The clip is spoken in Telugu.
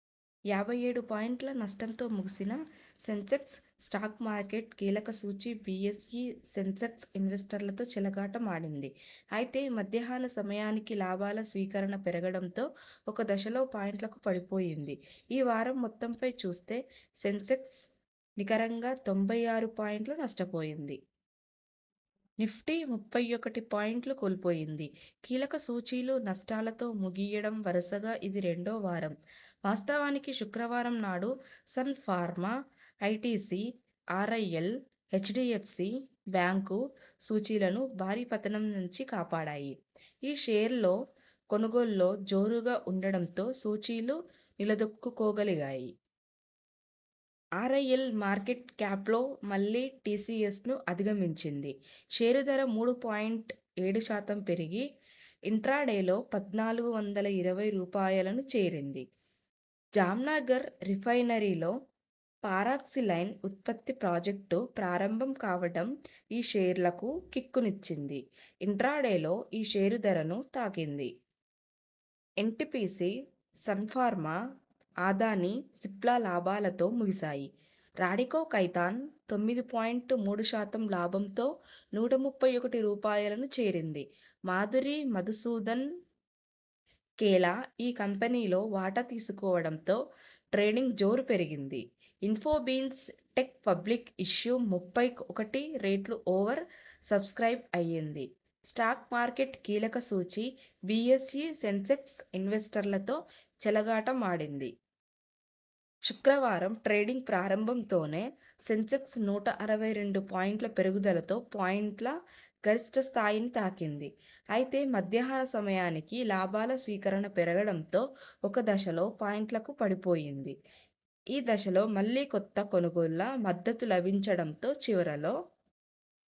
యాభై ఏడు పాయింట్ల నష్టంతో ముగిసిన సెన్సెక్స్ స్టాక్ మార్కెట్ కీలక సూచీ బిఎస్ఇ సెన్సెక్స్ ఇన్వెస్టర్లతో చెలగాట మాడింది. అయితే మధ్యాహ్న సమయానికి లాభాల స్వీకరణ పెరగడంతో ఒక దశలో పాయింట్లకు పడిపోయింది. ఈ వారం మొత్తంపై చూస్తే సెన్సెక్స్ నికరంగా తొంభై ఆరు పాయింట్లు నష్టపోయింది. నిఫ్టీ ముప్పై ఒకటి పాయింట్లు కోల్పోయింది. కీలక సూచీలు నష్టాలతో ముగియడం వరుసగా ఇది రెండో వారం. వాస్తవానికి శుక్రవారం నాడు Sun Pharma, ITC, RIL, HDFC bank సూచీలను భారీ పతనం నుంచి కాపాడాయి. ఈ షేర్లలో కొనుగోళ్లు జోరుగా ఉండటంతో సూచీలు నిలదొక్కుకోగలిగాయి. ఆర్ఐఎల్ మార్కెట్ క్యాప్లో మళ్లీ టిసిఎస్ను అధిగమించింది. షేరు ధర మూడు పాయింట్ ఏడు శాతం పెరిగి ఇంట్రాడేలో పద్నాలుగు వందల ఇరవై రూపాయలను చేరింది. జామ్నగర్ రిఫైనరీలో పారాక్సిలైన్ ఉత్పత్తి ప్రాజెక్టు ప్రారంభంకావడం ఈ షేర్లకు కిక్కు నిచ్చింది. ఇంట్రాడేలో ఈ షేరు ధర ను తాకింది. ఎన్టిపిసి, సన్ఫార్మా, అదానీ, సిప్లా లాభాలతో ముగిశాయి. రాడికో ఖైతాన్ తొమ్మిది పాయింట్ మూడు శాతం లాభంతో నూట ముప్పై ఒకటి రూపాయలను చేరింది మాధురి ,మధుసూదన్ కేలా ఈ కంపెనీలో వాటా తీసుకోవడంతో ట్రేడింగ్ జోరు పెరిగింది. ఇన్ఫోబీన్స్ టెక్ పబ్లిక్ ఇష్యూ ముప్పై ఒకటి రెట్లు ఓవర్ సబ్స్క్రయిబ్ అయింది స్టాక్ మార్కెట్ కీలక సూచీ బిఎస్ఇ సెన్సెక్స్ ఇన్వెస్టర్లతో చెలగాట మాడింది. శుక్రవారం ట్రేడింగ్ ప్రారంభంతోనే సెన్సెక్స్ నూట అరవై రెండు పాయింట్ల పెరుగుదలతో పాయింట్ల గరిష్ఠ స్థాయిని తాకింది. అయితే మధ్యాహ్న సమయానికి లాభాల స్వీకరణ పెరగడంతో ఒక దశలో పాయింట్లకు పడిపోయింది. ఈ దశలో మళ్లీ కొంత కొనుగోళ్ల మద్దతు లభించడంతో చివరలో